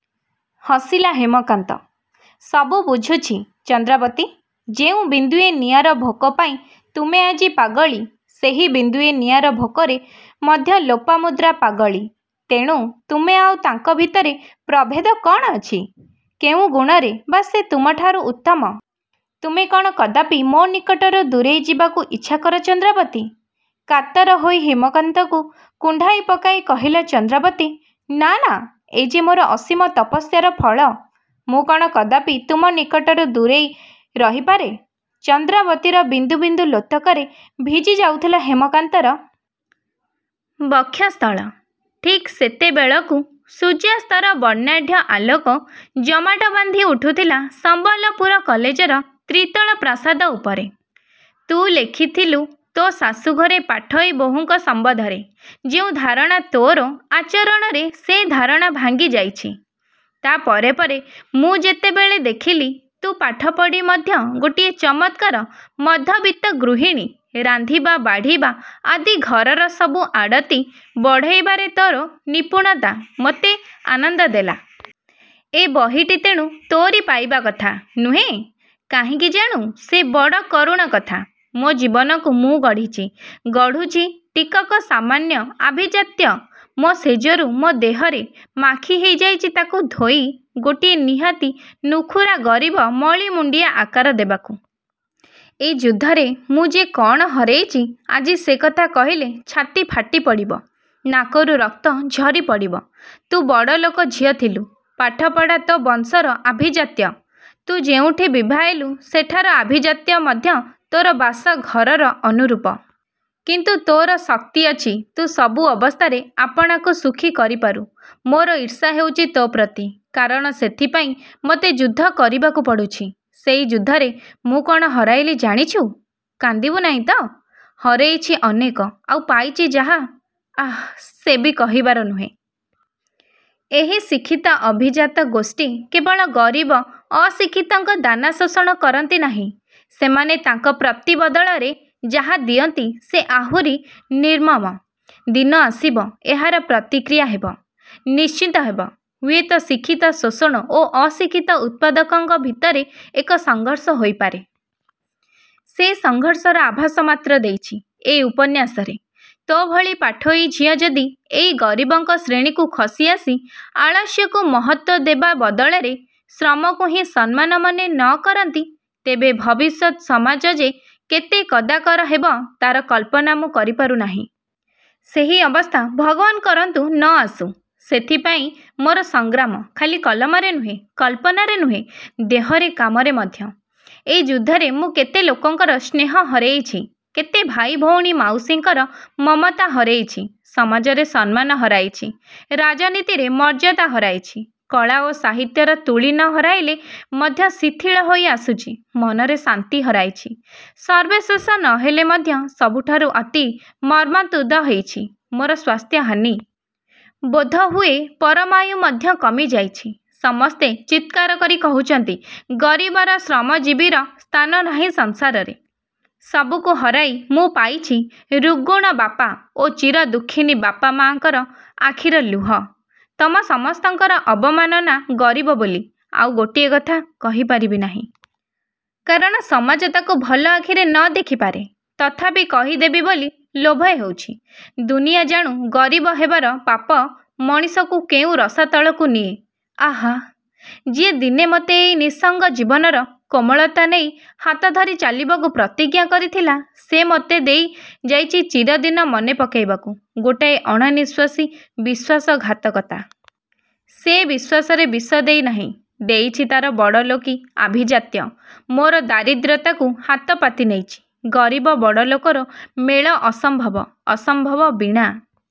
'' ହସିଲା ହେମକାନ୍ତ-''ସବୁ ବୁଝୁଛି ଚନ୍ଦ୍ରାବତୀ.. ଯେଉଁ ବିନ୍ଦୁଏ ନିଆଁର ଭୋକ ପାଇଁ ତୁମେ ଆଜି ପାଗଳୀ ସେହି ବିନ୍ଦୁଏ ନିଆଁର ଭୋକରେ ମଧ୍ୟ ଲୋପାମୁଦ୍ରା ପାଗଳୀ। ତେଣୁ ତୁମେ ଆଉ ତାଙ୍କ ଭିତରେ ପ୍ରଭେଦ କ'ଣ ଅଛି? କେଉଁ ଗୁଣରେ ବା ସେ ତୁମଠାରୁ ଉତ୍ତମ? ତୁମେ କ'ଣ କଦାପି ମୋ ନିକଟରୁ ଦୂରେଇ ଯିବାକୁ ଇଚ୍ଛାକର ଚନ୍ଦ୍ରାବତୀ? '' କାତର ହୋଇ ହେମକାନ୍ତକୁ କୁଣ୍ଢାଇ ପକାଇ କହିଲା ଚନ୍ଦ୍ରାବତୀ-''ନାଁ ନାଁ ଏ ଯେ ମୋର ଅସୀମ ତପସ୍ୟାର ଫଳ। ମୁଁ କ'ଣ କଦାପି ତୁମ ନିକଟରୁ ଦୂରେଇ ରହିପାରେ? '' ଚନ୍ଦ୍ରାବତୀର ବିନ୍ଦୁ ବିନ୍ଦୁ ଲୋତକରେ ଭିଜି ଯାଉଥିଲା ହେମକାନ୍ତର ବକ୍ଷସ୍ଥଳ ଠିକ୍ ଏତେବେଳକୁ ସୂର୍ଯ୍ୟାସ୍ତର ବର୍ଣ୍ଣାଢ଼୍ୟ ଆଲୋକ ଜମାଟବାନ୍ଧି ଉଠୁଥିଲା ସମ୍ବଲପୁର କଲେଜର ତ୍ରିତଳ ପ୍ରାସାଦ ଉପରେ। ତୁ ଲେଖିଥିଲୁ, ତୋ ଶାଶୂଘରେ ପାଠୋଇ ବୋହୂଙ୍କ ସମ୍ୱନ୍ଧରେ ଯେଉଁ ଧାରଣା ତୋର ଆଚରଣରେ ସେ ଧାରଣା ଭାଙ୍ଗି ଯାଇଛି। ତା' ପରେ ପରେ ମୁଁ ଯେତେବେଳେ ଦେଖିଲି, ତୁ ପାଠପଢ଼ି ମଧ୍ୟ ଗୋଟିଏ ଚମତ୍କାର ମଧ୍ୟବିତ୍ତ ଗୃହିଣୀ-ରାନ୍ଧିବା ବାଢ଼ିବା ଆଦି ଘରର ସବୁ ଆଡ଼ତି ବଢ଼ାଇବାରେ ତୋର ନିପୁଣତା ମୋତେ ଆନନ୍ଦ ଦେଲା। ଏ ବହିଟି ତେଣୁ ତୋରି ପାଇବା କଥା। ନୁହେଁ? କାହିଁକି ଜାଣୁ। ସେ ବଡ଼ କରୁଣ କଥା। ମୋ ଜୀବନକୁ ମୁଁ ଗଢ଼ିଛି-ଗଢ଼ୁଛି ଟିକକ ସାମାନ୍ୟ ଆଭିଜାତ୍ୟ ମୋ ଶେଯରୁ ମୋ ଦେହରେ ମାଖି ହେଇଯାଇଛି ତାକୁ ଧୋଇ ଗୋଟିଏ ନିହାତି ନୁଖୁରା ଗରିବ ମଳିମୁଣ୍ଡିଆ ଆକାର ଦେବାକୁ। ଏ ଯୁଦ୍ଧରେ ମୁଁ ଯେ କ'ଣ ହରେଇଚି ଆଜି ସେ କଥା କହିଲେ ଛାତି ଫାଟି ପଡ଼ିବ। ନାକରୁ ରକ୍ତ ଝରି ପଡ଼ିବ। ତୁ ବଡ଼ଲୋକ ଝିଅ ଥିଲୁ-ପାଠ ପଢ଼ା ତୋ ବଂଶର ଆଭିଜାତ୍ୟ। ତୁ ଯେଉଁଠି ବିଭା ହେଲୁ ସେଠାର ଆଭିଜାତ୍ୟ ମଧ୍ୟ ତୋର ବାସ ଘରର ଅନୁରୂପ। କିନ୍ତୁ ତୋର ଶକ୍ତି ଅଛି ତୁ ସବୁ ଅବସ୍ଥାରେ ଆପଣାକୁ ସୁଖୀ କରିପାରୁ। ମୋର ଈର୍ଷା ହେଉଛି ତୋ ପ୍ରତି। କାରଣ ସେଥିପାଇଁ ମୋତେ ଯୁଦ୍ଧ କରିବାକୁ ପଡ଼ୁଛି। ସେଇ ଯୁଦ୍ଧରେ ମୁଁ କ'ଣ ହରାଇଲି ଜାଣିଛୁ? କାନ୍ଦିବୁ ନାହିଁ ତ? ହରେଇଛି ଅନେକ-ଆଉ ପାଇଛି ଯାହା-ଆଃ-ସେ ବି କହିବାର ନୁହେଁ। ଏହି ଶିକ୍ଷିତ ଅଭିଜାତ ଗୋଷ୍ଠୀ କେବଳ ଗରିବ ଅଶିକ୍ଷିତଙ୍କ ଦାନା ଶୋଷଣ କରନ୍ତି ନାହିଁ-ସେମାନେ ତାଙ୍କ ପ୍ରତି ବଦଳରେ ଯାହା ଦିଅନ୍ତି ସେ ଆହୁରି ନିର୍ମମ। ଦିନ ଆସିବ-ଏହାର ପ୍ରତିକ୍ରିୟା ହେବ। ନିଶ୍ଚିତ ହେବ। ହୁଏତ ଶିକ୍ଷିତ ଶୋଷଣ ଓ ଅଶିକ୍ଷିତ ଉତ୍ପାଦକଙ୍କ ଭିତରେ ଏକ ସଂଘର୍ଷ ହେଇପାରେ। ସେ ସଂଘର୍ଷର ଆଭାସ ମାତ୍ର ଦେଇଛି ଏ ଉପନ୍ୟାସରେ। ତୋ ଭଳି ପାଠୋଇ ଝିଅ ଯଦି ଏଇ ଗରିବଙ୍କ ଶ୍ରେଣୀକୁ ଖସି ଆସି, ଆଳସ୍ୟକୁ ମହତ୍ତ୍ୱ ଦେବା ବଦଳରେ ଶ୍ରମକୁହିଁ ସମ୍ମାନ ମନେ ନ କରନ୍ତି ତେବେ ଭବିଷ୍ୟତ୍ ସମାଜ ଯେ କେତେ କଦାକର ହେବ ତା'ର କଳ୍ପନା ମୁଁ କରିପାରୁ ନାହିଁ। ସେ ଅବସ୍ଥା ଭଗବାନ୍ କରନ୍ତୁ-ନ ଆସୁ। ସେଥିପାଇଁ ମୋର ସଂଗ୍ରାମ-ଖାଲି କଲମରେ ନୁହେଁ-କଳ୍ପନାରେ ନୁହେଁ-ଦେହରେ-କାମରେ ମଧ୍ୟ। ଏ ଯୁଦ୍ଧରେ ମୁଁ କେତେ ଲୋକଙ୍କର ସ୍ନେହ ହରେଇଛି-କେତେ ଭାଇ ଭଉଣୀ ମାଉସୀଙ୍କର ମମତା ହରେଇଛି-ସମାଜରେ ସମ୍ମାନ ହରାଇଛି-ରାଜନୀତିରେ ମର୍ଯ୍ୟାଦା ହରାଇଛି-କଳା ଓ ସାହିତ୍ୟର ତୂଳି ନ ହରାଇଲେ ମଧ୍ୟ ଶିଥିଳ ହେଇ ଆସୁଛି-ମନରେ ଶାନ୍ତି ହରାଇଛି-ସର୍ବଶେଷ ନ ହେଲେ ମଧ୍ୟ ସବୁଠାରୁ ଅତି ମର୍ମନ୍ତୁଦ ହେଇଛି-ମୋର ସ୍ୱାସ୍ଥ୍ୟ ହାନି। ବୋଧହୁଏ ପରମାୟୁ ମଧ୍ୟ କମିଯାଇଛି। ସମସ୍ତେ ଚିତ୍କାର କରି କହୁଛନ୍ତି-ଗରିବର-ଶ୍ରମଜୀବୀର ସ୍ଥାନ ନାହିଁ ସଂସାରରେ। ସବୁକୁ ହରାଇ ମୁଁ ପାଇଛି ରୁଗ୍ଣ ବାପା ଓ ଚିର ଦୁଃଖିନୀ ବାପା ମାଙ୍କର ଆଖିର ଲୁହ-ତମ ସମସ୍ତଙ୍କର ଅବମାନନା ଗରିବ ବୋଲି। ଆଉ ଗୋଟିଏ କଥା କହି ପାରିବି ନାହିଁ। କାରଣ ସମାଜ ତାକୁ ଭଲ ଆଖିରେ ନ ଦେଖି ପାରେ। ତଥାପି କହିଦେବି ବୋଲି ଲୋଭ ହେଉଛି। ଦୁନିଆ ଜାଣୁ-ଗରିବ ହେବାର ପାପ ମଣିଷକୁ କେଉଁ ରସାତଳକୁ ନିଏ-ଆଃ! ଯିଏ ଦିନେ ମୋତେ ଏଇ ନିଃସଙ୍ଗ ଜୀବନର କୋମଳତା ନେଇ ହାତ ଧରି ଚାଲିବାକୁ ପ୍ରତିଜ୍ଞା କରିଥିଲା-ସେ ମୋତେ ଦେଇ ଯାଇଛି ଚିରଦିନ ମନେପକାଇବାକୁ-ଗୋଟାଏ ଅଣନିଃଶ୍ୱାସୀ ବିଶ୍ୱାସଘାତକତା। ସେ ବିଶ୍ୱାସରେ ବିଷ ଦେଇ ନାହିଁ-ଦେଇଛି ତା'ର ବଡ଼ଲୋକୀ-ଆଭିଜାତ୍ୟ। ମୋର ଦାରିଦ୍ର୍ୟତାକୁ ହାତ ପାତି ନେଇଛି। ଗରିବ ବଡ଼ଲୋକର ମେଳ ଅସମ୍ଭବ-ଅସମ୍ଭବ ବୀଣା।